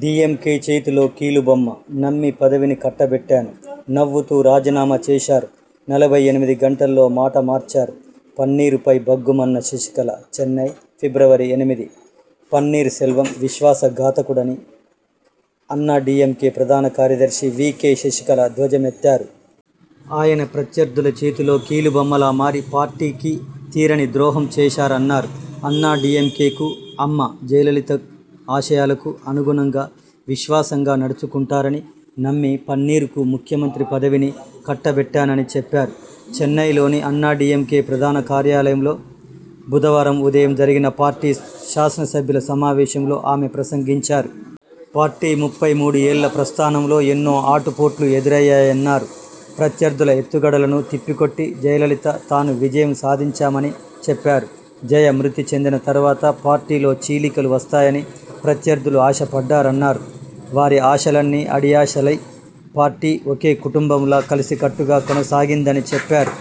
DMK చేతిలో కీలుబొమ్మ నమ్మి పదవిని కట్టబెట్టాను నవ్వుతూ రాజీనామా చేశారు నలభై ఎనిమిది గంటల్లో మాట మార్చారు పన్నీరు పై భగ్గుమన్న శశికళ చెన్నై, ఫిబ్రవరి ఎనిమిది పన్నీర్ సెల్వం విశ్వాస ఘాతకుడని అన్నా డీఎంకే ప్రధాన కార్యదర్శి వీ కే శశికళ ధ్వజమెత్తారు. ఆయన ప్రత్యర్థుల చేతిలో కీలుబొమ్మలా మారి పార్టీకి తీరని ద్రోహం చేశారన్నారు. అన్నాడీఎంకేకు, అమ్మ జయలలిత ఆశయాలకు అనుగుణంగా, విశ్వాసంగా నడచుకుంటారని నమ్మి పన్నీర్ కు ముఖ్యమంత్రి పదవిని కట్టబెట్టానని చెప్పారు. చెన్నైలోని అన్నాడీఎంకే ప్రధాన కార్యాలయంలో బుధవారం ఉదయం జరిగిన పార్టీ శాసనసభ్యుల సమావేశంలో ఆమె ప్రసంగించారు. పార్టీ ముప్పై మూడు ఏళ్ల ప్రస్థానంలో ఎన్నో ఆటుపోట్లు ఎదురయ్యాయన్నారు. ప్రత్యర్థుల ఎత్తుగడలను తిప్పికొట్టి జయలలిత, తాను విజయం సాధించామని చెప్పారు. జయ మృతి చెందిన తర్వాత పార్టీలో చీలికలు వస్తాయని ప్రత్యర్థులు ఆశ పడ్డారన్నారు. వారి ఆశలన్నీ అడియాసలై పార్టీ ఒకే కుటుంబంలా కలసికట్టుగా కొనసాగిందని చెప్పారు.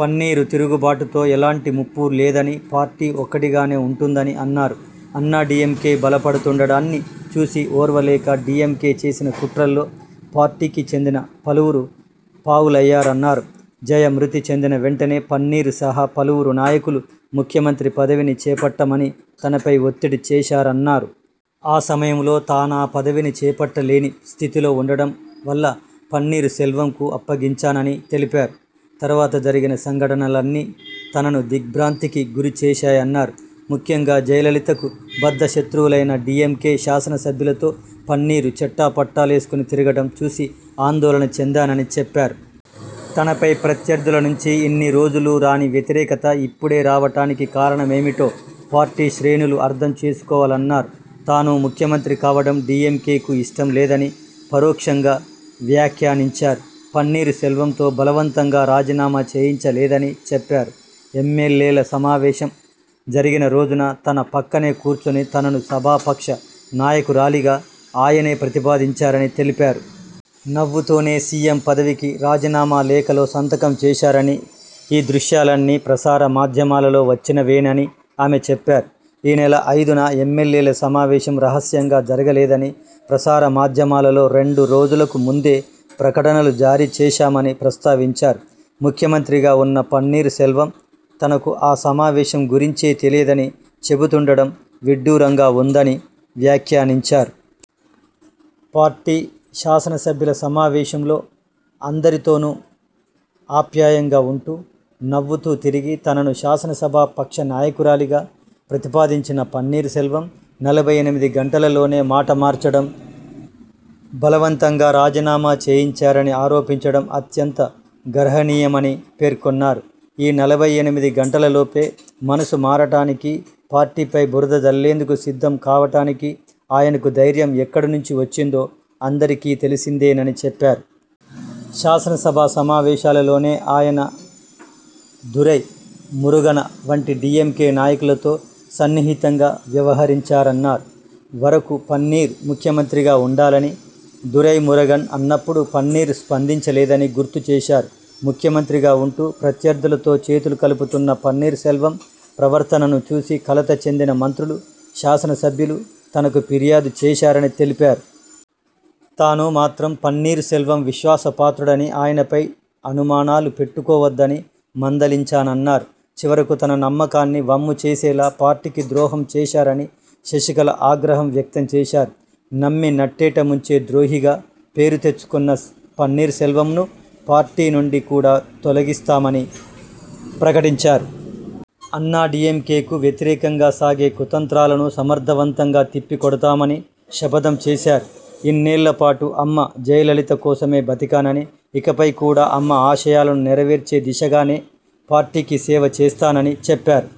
పన్నీర్ తిరుగుబాటుతో ఎలాంటి ముప్పూ లేదని, పార్టీ ఒక్కటిగానే ఉంటుందని అన్నారు. అన్నాడీఎంకే బలపడుతుండటాన్ని చూసి ఓర్వలేక డీఎంకే చేసిన కుట్రల్లో పార్టీకి చెందిన పలువురు పావులయ్యారన్నారు. జయ మృతి చెందిన వెంటనే పన్నీర్ సహా పలువురు నాయకులు ముఖ్యమంత్రి పదవిని చేపట్టమని తనపై ఒత్తిడి చేశారన్నారు. ఆ సమయంలో తానా పదవిని చేపట్టలేని స్థితిలో ఉండటం వల్ల పన్నీర్ సెల్వంకు అప్పగించానని తెలిపారు. తర్వాత జరిగిన సంఘటనలన్నీ తనను దిగ్ర్భాంతికి గురి చేశాయన్నారు. ముఖ్యంగా జయలలితకు బద్ధ శత్రువులైన డీఎంకే శాసన సభ్యులతో పన్నీర్ చెట్టాపట్టాలేసుకుని తిరగటం చూసి ఆందోళన చెందానని చెప్పారు. తనపై ప్రత్యర్థుల నుంచి ఇన్ని రోజులూ రాని వ్యతిరేకత ఇప్పుడే రావటానికి కారణమేమిటో పార్టీ శ్రేణులు అర్థం చేసుకోవాలన్నారు. తాను ముఖ్యమంత్రి కావడం డీఎంకేకు ఇష్టం లేదని పరోక్షంగా వ్యాఖ్యానించారు. పన్నీర్ సెల్వంతో బలవంతంగా రాజీనామా చేయించలేదని చెప్పారు. ఎమ్మెల్యేల సమావేశం జరిగిన రోజున తన పక్కనే కూర్చుని తనను సభాపక్ష నాయకురాలిగా ఆయనే ప్రతిపాదించారని తెలిపారు. నవ్వుతూనే సీఎం పదవికి రాజీనామా లేఖలో సంతకం చేశారని, ఈ దృశ్యాలన్నీ ప్రసార మాధ్యమాలలో వచ్చినవేనని ఆమె చెప్పారు. ఈ నెల ఐదున ఎమ్మెల్యేల సమావేశం రహస్యంగా జరగలేదని, ప్రసార మాధ్యమాలలో రెండు రోజులకు ముందే ప్రకటనలు జారీ చేశామని ప్రస్తావించారు. ముఖ్యమంత్రిగా ఉన్న పన్నీర్ సెల్వం తనకు ఆ సమావేశం గురించే తెలియదని చెబుతుండటం విడ్డూరంగా ఉందని వ్యాఖ్యానించారు. పార్టీ శాసన సభ్యుల సమావేశంలో అందరి తోనూ ఆప్యాయంగా ఉంటూ నవ్వుతూ తిరిగి, తనను శాసనసభా పక్ష నాయకురాలిగా ప్రతిపాదించిన పన్నీర్ సెల్వం నలభై ఎనిమిది గంటలలోనే మాట మార్చడం, బలవంతంగా రాజీనామా చేయించారని ఆరోపించటం అత్యంత గర్హనీయమని పేర్కొన్నారు. ఈ నలభై ఎనిమిది గంటలలోపే మనసు మారటానికి, పార్టీపై బురద జల్లేందుకు సిద్ధం కావటానికి ఆయనకు ధైర్యం ఎక్కడి నుంచి వచ్చిందో అందరికీ తెలిసిందేనని చెప్పారు. శాసనసభ సమావేశాలలోనే ఆయన దురై మురుగన వంటి డీఎంకే నాయకులతో సన్నిహితంగా వ్యవహించారన్నారు. వరకు పన్నీర్ ముఖ్యమంత్రిగా ఉండాలని దురైమురుగన్ అన్నపుడు పన్నీర్ స్పందించలేదని గుర్తు చేశారు. ముఖ్యమంత్రిగా ఉంటూ ప్రత్యర్థులతో చేతులు కలుపుతున్న పన్నీర్ సెల్వం ప్రవర్తనను చూసి కలత చెందిన మంత్రులు, శాసన సభ్యులు తనకు ఫిర్యాదు చేశారని తెలిపారు. తాను మాత్రం పన్నీర్ సెల్వం విశ్వాపాత్రుడని ఆయనపై అనుమానాలు పెట్టుకోవద్దని మందలించానన్నారు. చివరకు తన నమ్మకాన్ని వమ్ము చేసేలా పార్టీకి ద్రోహం చేశారని శశికళ ఆగ్రహం వ్యక్తం చేశారు. నమ్మి నట్టేట ముంచే ద్రోహిగా పేరు తెచ్చుకున్న పన్నీర్ సెల్వంను పార్టీ నుండి కూడా తొలగిస్తామని ప్రకటించారు. అన్నాడీఎంకేకు వ్యతిరేకంగా సాగే కుతంత్రాలను సమర్థవంతంగా తిప్పి కొడతామని శపథం చేశారు. ఇన్నేళ్ల పాటు అమ్మ జయలలిత కోసమే బతికానని, ఇకపై కూడా అమ్మ ఆశయాలను నెరవేర్చే దిశగానే పార్టీకి సేవ చేస్తానని చెప్పారు.